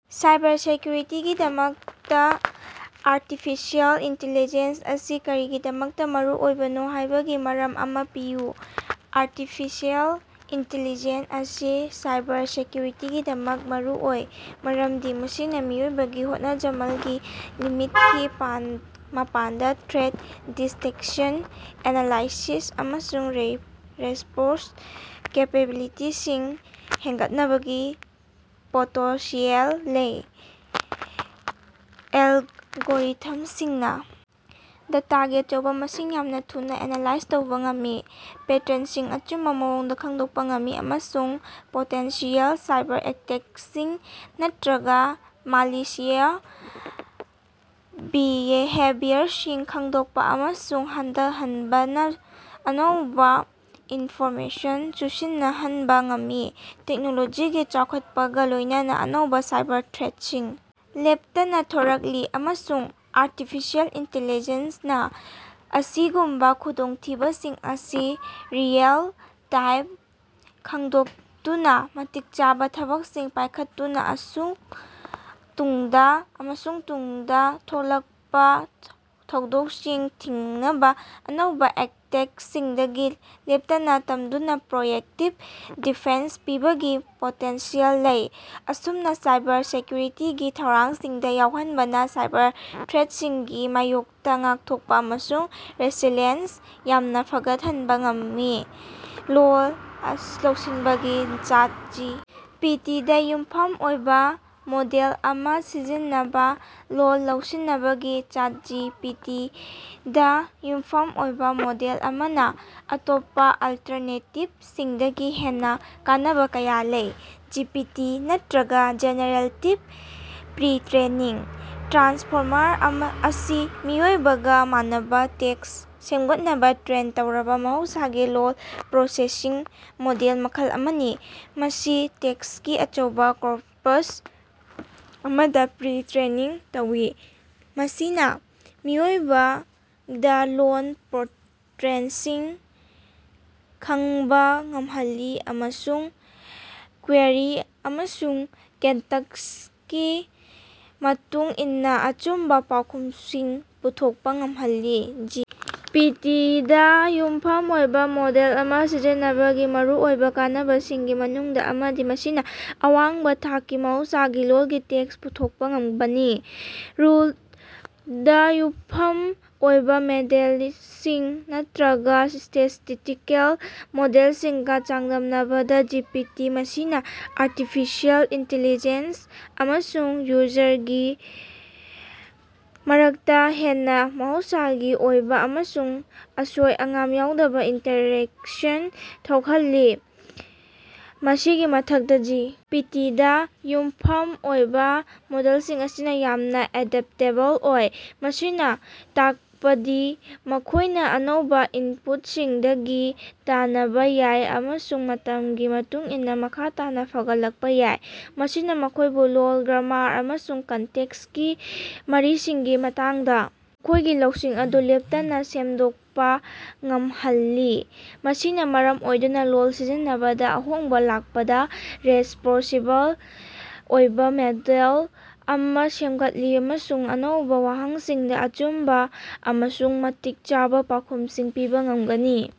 Cyber ꯁꯦꯀ꯭ꯌꯨꯔꯤꯇꯤꯒꯤꯗꯃꯛꯇ artificial intelligence ꯑꯁꯤ ꯀꯔꯤꯒꯤꯗꯃꯛꯇ ꯃꯔꯨꯑꯣꯏꯕꯅꯣ ꯍꯥꯏꯕꯒꯤ ꯃꯔꯝ ꯑꯃ ꯄꯤꯌꯨ꯫ ꯑꯥꯔꯇꯤꯐꯤꯁꯤꯑꯦꯜ ꯏꯟꯇꯤꯂꯤꯖꯦꯟꯁ ꯑꯁꯤ ꯁꯥꯏꯕꯔ ꯁꯦꯀ꯭ꯌꯨꯔꯤꯇꯤꯒꯤꯗꯃꯛꯇ ꯃꯔꯨꯑꯣꯏ ꯃꯔꯝꯗꯤ ꯃꯁꯤꯅ ꯃꯤꯑꯣꯏꯕꯒꯤ ꯍꯣꯠꯅꯖꯃꯜꯒꯤ ꯂꯤꯃꯤꯠꯀꯤ ꯃꯄꯥꯟꯗ ꯊ꯭ꯔꯦꯠ ꯗꯤꯇꯦꯛꯁꯟ, ꯑꯦꯅꯥꯂꯥꯏꯁꯤꯁ ꯑꯃꯁꯨꯡ ꯔꯦꯁ꯭ꯄꯣꯟꯁ ꯀꯦꯄꯦꯕꯤꯂꯤꯇꯤꯁꯤꯡ ꯍꯦꯡꯒꯠꯅꯕꯒꯤ ꯄꯣꯇꯦꯟꯁꯤꯑꯦꯜ ꯂꯩ꯫ ꯑꯦꯜꯒꯣꯔꯤꯊꯝꯁꯤꯡꯅ ꯗꯦꯇꯥꯒꯤ ꯑꯆꯧꯕ ꯃꯁꯤꯡ ꯌꯥꯝꯅ ꯊꯨꯅ ꯑꯦꯅꯥꯂꯥꯏꯖ ꯇꯧꯕ ꯉꯝꯃꯤ, ꯄꯦꯇ꯭ꯔꯟꯁꯤꯡ ꯑꯆꯨꯝꯕ ꯃꯑꯣꯡꯗ ꯈꯪꯗꯣꯛꯄ ꯉꯝꯃꯤ ꯑꯃꯁꯨꯡ ꯄꯣꯇꯦꯟꯁꯤꯑꯦꯜ ꯁꯥꯏꯕꯔ ꯑꯦꯇꯦꯛꯁꯤꯡ ꯅꯠꯇꯔꯒ ꯃꯥꯂꯤꯁꯤꯌ꯭ꯁ ꯕꯤꯍꯦꯕꯤꯌꯔꯁꯤꯡ ꯈꯪꯗꯣꯛꯄ ꯑꯃꯁꯨꯡ ꯍꯟꯊꯍꯟꯅꯕ ꯑꯅꯧꯕ ꯏꯟꯐꯣꯔꯃꯦꯁꯒ ꯆꯨꯁꯤꯟꯅꯍꯅꯕ ꯉꯝꯃꯤ꯫ ꯇꯦꯛꯅꯣꯂꯣꯖꯤꯒꯤ ꯆꯥꯎꯈꯠꯂꯛꯄꯒ ꯂꯣꯏꯅꯅ ꯑꯅꯧꯕ ꯁꯥꯏꯕꯔ ꯊ꯭ꯔꯦꯠꯁꯤꯡ ꯂꯦꯞꯇꯅ ꯊꯣꯔꯛꯂꯤ, ꯑꯃꯁꯨꯡ ꯑꯥꯔꯇꯤꯐꯤꯁꯤꯑꯦꯜ ꯏꯅꯇꯦꯂꯤꯖꯦꯟꯁꯅ ꯑꯁꯤꯒꯨꯝꯕ ꯈꯨꯗꯣꯡꯊꯤꯕꯁꯤꯡ ꯑꯁꯤ ꯔꯤꯑꯦꯜ ꯇꯥꯏꯝꯗ ꯈꯪꯗꯣꯛꯇꯨꯅ, ꯃꯇꯤꯛ ꯆꯥꯕ ꯊꯕꯛꯁꯤꯡ ꯄꯥꯏꯈꯠꯇꯨꯅ ꯑꯃꯁꯨꯡ ꯇꯨꯡꯗ ꯊꯣꯛꯂꯛꯄ ꯊꯧꯗꯣꯛꯁꯤꯡ ꯊꯤꯡꯅꯕ ꯑꯅꯧꯕ ꯑꯦꯇꯦꯛꯁꯤꯡꯗꯒꯤ ꯂꯦꯞꯇꯅ ꯇꯝꯗꯨꯅ ꯄ꯭ꯔꯣꯑꯦꯛꯇꯤꯕ ꯗꯤꯐꯦꯟꯁ ꯄꯤꯕꯒꯤ ꯄꯣꯇꯦꯟꯁꯤꯌꯦꯜ ꯂꯩ꯫ ꯑꯁꯨꯝꯅ, ꯁꯥꯏꯕꯔ ꯁꯦꯀ꯭ꯌꯨꯔꯤꯇꯤꯒꯤ ꯊꯧꯔꯥꯡꯁꯤꯡꯗ ꯌꯥꯎꯍꯟꯕꯅ ꯁꯥꯏꯕꯔ ꯊ꯭ꯔꯦꯠꯁꯤꯡꯒꯤ ꯃꯥꯌꯣꯛꯇ ꯉꯥꯛꯊꯣꯛꯄ ꯑꯃꯁꯨꯡ ꯔꯦꯁꯤꯂꯤꯌꯦꯟꯁ ꯌꯥꯝꯅ ꯐꯒꯠꯍꯟꯕ ꯉꯝꯒꯅꯤ꯫ ꯂꯣꯜ ꯂꯧꯁꯤꯟꯕꯒꯤꯗꯃꯛ ꯆꯥꯠ ꯖꯤ. ꯄꯤ. ꯇꯤ. ꯗ ꯌꯨꯝꯐꯝ ꯑꯣꯏꯕ ꯃꯣꯗꯦꯜ ꯑꯃ ꯁꯤꯖꯤꯟꯅꯕ꯫ ꯂꯣꯜ ꯂꯧꯁꯤꯅꯕꯒꯤ ꯆꯥꯠ ꯖꯤ. ꯄꯤ. ꯇꯤ. ꯗꯥ ꯌꯨꯝꯐꯝ ꯑꯣꯏꯕ ꯃꯣꯗꯦꯜ ꯑꯃꯅ ꯑꯇꯣꯞꯄ ꯑꯜꯇꯔꯅꯦꯇꯤꯕꯁꯤꯡꯗꯒꯤ ꯍꯦꯟꯅ ꯀꯥꯟꯅꯕ ꯀꯌꯥ ꯂꯩ꯫ ꯖꯤ. ꯄꯤ. ꯇꯤ., ꯅꯠꯇꯔꯒ ꯖꯦꯅꯦꯔꯦꯇꯤꯕ ꯄ꯭ꯔꯤ-ꯇ꯭ꯔꯦꯅꯤꯡ ꯇ꯭ꯔꯥꯟꯁꯐꯣꯔꯃꯔ ꯑꯁꯤ ꯃꯤꯑꯣꯏꯕꯒ ꯃꯥꯟꯅꯕ ꯇꯦꯛꯁ ꯁꯦꯝꯒꯠꯅꯕ ꯇ꯭ꯔꯦꯟ ꯇꯧꯔꯕ ꯃꯍꯧꯁꯥꯒꯤ ꯂꯣꯜ ꯄ꯭ꯔꯣꯁꯦꯁꯤꯡ ꯃꯣꯗꯦꯜ ꯃꯈꯜ ꯑꯃꯅꯤ꯫ ꯃꯁꯤ ꯇꯦꯛꯁꯀꯤ ꯑꯆꯧꯕ ꯀꯣꯔꯄ꯭ꯁ ꯑꯃꯗ ꯄ꯭ꯔꯤ-ꯇ꯭ꯔꯦꯅꯤꯡ ꯇꯧꯏ, ꯃꯁꯤꯅ ꯃꯤꯑꯣꯏꯕꯒꯤ ꯂꯣꯟꯗ ꯄꯦꯇꯔꯟꯁꯤꯡ ꯈꯪꯕ ꯉꯝꯍꯜꯂꯤ ꯑꯃꯁꯨꯡ ꯀ꯭ꯋꯦꯔꯤ ꯑꯃꯁꯨꯡ ꯀꯟꯇꯦꯛꯁꯀꯤ ꯃꯇꯨꯡ ꯏꯟꯅ ꯑꯆꯨꯝꯕ ꯄꯥꯎꯈꯨꯝꯁꯤꯡ ꯄꯨꯊꯣꯛꯄ ꯉꯝꯍꯜꯂꯤ꯫ ꯖꯤ. ꯄꯤ. ꯇꯤ. ꯗ ꯌꯨꯝꯐꯝ ꯑꯣꯏꯕ ꯃꯣꯗꯦꯜ ꯑꯃ ꯁꯤꯖꯤꯟꯅꯕꯒꯤ ꯃꯔꯨꯑꯣꯏꯕ ꯀꯥꯟꯅꯕꯁꯤꯡꯒꯤ ꯃꯅꯨꯡꯗ ꯑꯃꯗꯤ ꯃꯁꯤꯅ ꯑꯋꯥꯡꯕ ꯊꯥꯛꯀꯤ ꯃꯍꯧꯁꯥꯒꯤ ꯂꯣꯜꯒꯤ ꯇꯦꯛꯁ ꯄꯨꯊꯣꯛꯄ ꯉꯝꯕꯅꯤ꯫ ꯔꯨꯜꯗ ꯌꯨꯝꯐꯝ ꯑꯣꯏꯕ ꯃꯣꯗꯦꯂꯁꯤꯡ ꯅꯠꯇꯔꯒ ꯁ꯭ꯇꯦꯇꯤꯁ꯭ꯇꯤꯀꯦꯜ ꯃꯣꯗꯦꯜꯁꯤꯡꯒ ꯆꯥꯡꯗꯝꯅꯕꯗ, ꯖꯤ. ꯄꯤ. ꯇꯤ. ꯃꯁꯤꯅ ꯑꯥꯔꯇꯤꯐꯤꯁꯤꯑꯦꯜ ꯏꯟꯇꯦꯜꯂꯤꯖꯦꯟꯁ ꯑꯃꯁꯨꯡ ꯌꯨꯖꯔꯒꯤ ꯃꯔꯛꯇ ꯍꯦꯟꯅ ꯃꯍꯧꯁꯥꯒꯤ ꯑꯣꯏꯕ ꯑꯃꯁꯨꯡ ꯑꯁꯣꯏ-ꯑꯉꯥꯝ ꯌꯥꯎꯗꯕ ꯏꯟꯇꯔꯦꯛꯁꯟꯁꯤꯡ ꯊꯣꯛꯍꯜꯂꯤ꯫ ꯃꯁꯤꯒꯤ ꯃꯊꯛꯇ, ꯖꯤ. ꯄꯤ. ꯇꯤ. ꯗ ꯌꯨꯝꯐꯝ ꯑꯣꯏꯕ ꯃꯣꯗꯦꯜꯁꯤꯡ ꯑꯁꯤ ꯌꯥꯝꯅ ꯑꯦꯗꯞꯇꯦꯕꯜ ꯑꯣꯏ, ꯃꯁꯤꯅ ꯇꯥꯛꯄꯗꯤ ꯃꯈꯣꯏꯅ ꯑꯅꯧꯕ ꯏꯅꯄꯨꯠꯁꯤꯡꯗꯒꯤ ꯇꯅꯕ ꯌꯥꯏ ꯑꯃꯁꯨꯡ ꯃꯇꯝꯒꯤ ꯃꯇꯨꯡ ꯏꯟꯅ ꯃꯈꯥ ꯇꯥꯅ ꯐꯒꯠꯂꯛꯄꯥ ꯌꯥꯏ꯫ ꯃꯁꯤꯅ ꯃꯈꯣꯏꯕꯨ ꯂꯣꯜ, ꯒ꯭ꯔꯥꯃꯥꯔ, ꯑꯃꯁꯨꯡ ꯀꯟꯇꯦꯛꯁꯀꯤ ꯃꯔꯤꯁꯤꯡꯒꯤ ꯃꯇꯥꯡꯗ ꯃꯈꯣꯏꯒꯤ ꯂꯧꯁꯤꯡ ꯑꯗꯨ ꯂꯦꯞꯇꯅ ꯁꯦꯝꯗꯣꯛꯄ ꯉꯝꯍꯜꯂꯤ, ꯃꯁꯤꯅ ꯃꯔꯝ ꯑꯣꯏꯗꯨꯅ ꯂꯣꯜ ꯁꯤꯖꯤꯟꯅꯕꯗ ꯑꯍꯣꯡꯕ ꯂꯥꯛꯄꯗ ꯔꯦꯁ꯭ꯄꯣꯟꯁꯤꯕꯜ ꯑꯣꯏꯕ ꯃꯣꯗꯦꯜ ꯑꯃ ꯁꯦꯝꯒꯠꯂꯤ ꯑꯃꯁꯨꯡ ꯑꯅꯧꯕ ꯋꯥꯍꯪꯁꯤꯡꯗ ꯑꯆꯨꯝꯕ ꯑꯃꯁꯨꯡ ꯃꯇꯤꯛ ꯆꯥꯕ ꯄꯥꯎꯈꯨꯝꯁꯤꯡ ꯄꯤꯕ ꯉꯝꯒꯅꯤ꯫